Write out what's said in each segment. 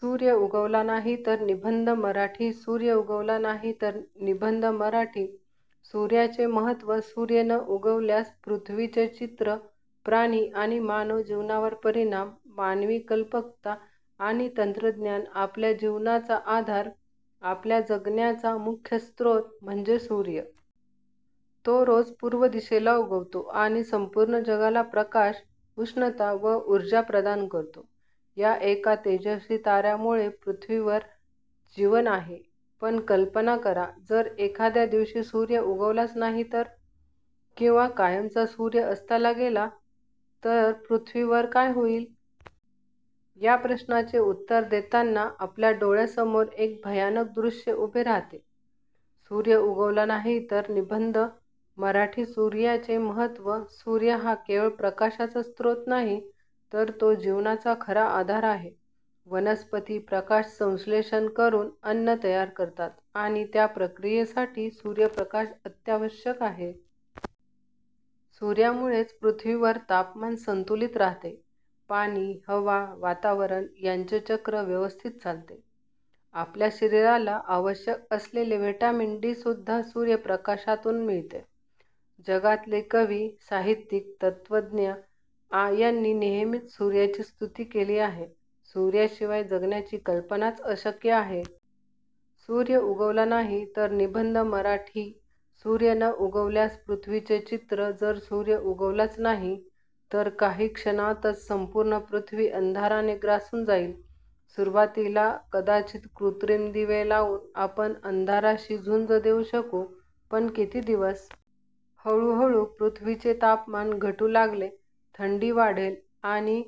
सूर्य उगवला नाही तर निबंध मराठी सूर्य उगवला नाही तर निबंध मराठी सूर्याचे महत्त्व सूर्य न उगवल्यास पृथ्वीचे चित्र प्राणी आणि मानव जीवनावर परिणाम मानवी कल्पकता आणि तंत्रज्ञान आपल्या जीवनाचा आधार, आपल्या जगण्याचा मुख्य स्रोत म्हणजे सूर्य. तो रोज पूर्व दिशेला उगवतो आणि संपूर्ण जगाला प्रकाश, उष्णता व ऊर्जा प्रदान करतो. या एका तेजस्वी ताऱ्यामुळे पृथ्वीवर जीवन आहे. पण कल्पना करा, जर एखाद्या दिवशी सूर्य उगवलाच नाही तर? किंवा कायमचा सूर्य अस्ताला गेला, तर पृथ्वीवर काय होईल? या प्रश्नाचे उत्तर देताना आपल्या डोळ्यासमोर एक भयानक दृश्य उभे राहते. सूर्य उगवला नाही तर निबंध मराठी सूर्याचे महत्त्व सूर्य हा केवळ प्रकाशाचा स्रोत नाही, तर तो जीवनाचा खरा आधार आहे. वनस्पती प्रकाशसंश्लेषण करून अन्न तयार करतात आणि त्या प्रक्रियेसाठी सूर्यप्रकाश अत्यावश्यक आहे. सूर्यामुळेच पृथ्वीवर तापमान संतुलित राहते. पाणी, हवा, वातावरण यांचे चक्र व्यवस्थित चालते. आपल्या शरीराला आवश्यक असलेले व्हिटॅमिन डी सुद्धा सूर्यप्रकाशातून मिळते. जगातले कवी, साहित्यिक, तत्त्वज्ञ यांनी नेहमीच सूर्याची स्तुती केली आहे. सूर्याशिवाय जगण्याची कल्पनाच अशक्य आहे. सूर्य उगवला नाही तर निबंध मराठी सूर्य न उगवल्यास पृथ्वीचे चित्र जर सूर्य उगवलाच नाही, तर काही क्षणांतच संपूर्ण पृथ्वी अंधाराने ग्रासून जाईल. सुरुवातीला कदाचित कृत्रिम दिवे लावून आपण अंधाराशी झुंज देऊ शकू, पण किती दिवस? हळूहळू पृथ्वीचे तापमान घटू लागेल. थंडी वाढेल आणि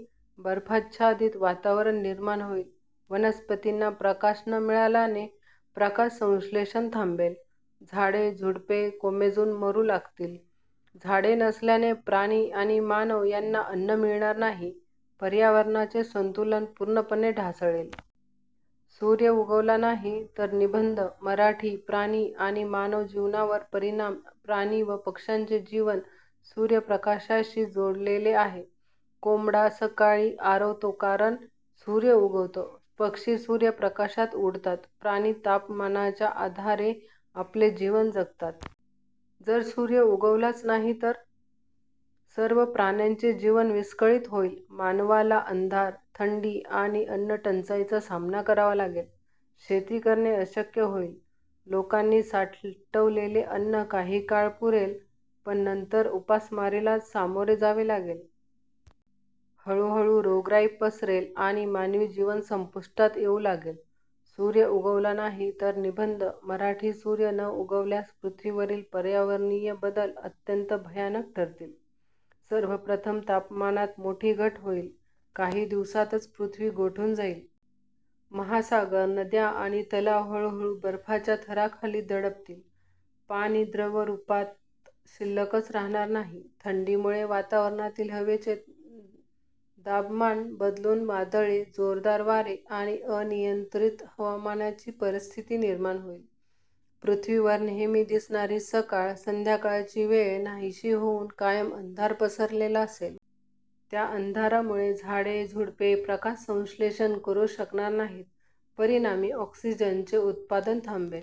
बर्फाच्छादित वातावरण निर्माण होईल. वनस्पतींना प्रकाश न मिळाल्याने प्रकाशसंश्लेषण थांबेल. झाडे झुडपे कोमेजून मरू लागतील. झाडे नसल्याने प्राणी आणि मानव यांना अन्न मिळणार नाही. पर्यावरणाचे संतुलन पूर्णपणे ढासळेल. सूर्य उगवला नाही तर निबंध मराठी प्राणी आणि मानव जीवनावर परिणाम प्राणी व पक्ष्यांचे जीवन सूर्यप्रकाशाशी जोडलेले आहे. कोंबडा सकाळी आरवतो कारण सूर्य उगवतो, पक्षी सूर्यप्रकाशात उडतात, प्राणी तापमानाच्या आधारे आपले जीवन जगतात. जर सूर्य उगवलाच नाही, तर सर्व प्राण्यांचे जीवन विस्कळीत होईल. मानवाला अंधार, थंडी आणि अन्नटंचाईचा सामना करावा लागेल. शेती करणे अशक्य होईल. लोकांनी साठवलेले अन्न काही काळ पुरेल, पण नंतर उपासमारीला सामोरे जावे लागेल. हळूहळू रोगराई पसरेल आणि मानवी जीवन संपुष्टात येऊ लागेल. सूर्य उगवला नाही तर निबंध मराठी सूर्य न उगवल्यास पृथ्वीवरील पर्यावरणीय बदल अत्यंत भयानक ठरतील. सर्वप्रथम तापमानात मोठी घट होईल. काही दिवसांतच पृथ्वी गोठून जाईल. महासागर, नद्या आणि तलाव हळूहळू बर्फाच्या थराखाली दडपतील. पाणी द्रवरूपात शिल्लकच राहणार नाही. थंडीमुळे वातावरणातील हवेचे दाबमान बदलून वादळे, जोरदार वारे आणि अनियंत्रित हवामानाची परिस्थिती निर्माण होईल. पृथ्वीवर नेहमी दिसणारी सकाळ संध्याकाळची वेळ नाहीशी होऊन कायम अंधार पसरलेला असेल. त्या अंधारामुळे झाडे झुडपे प्रकाशसंश्लेषण करू शकणार नाहीत. परिणामी ऑक्सिजनचे उत्पादन थांबेल.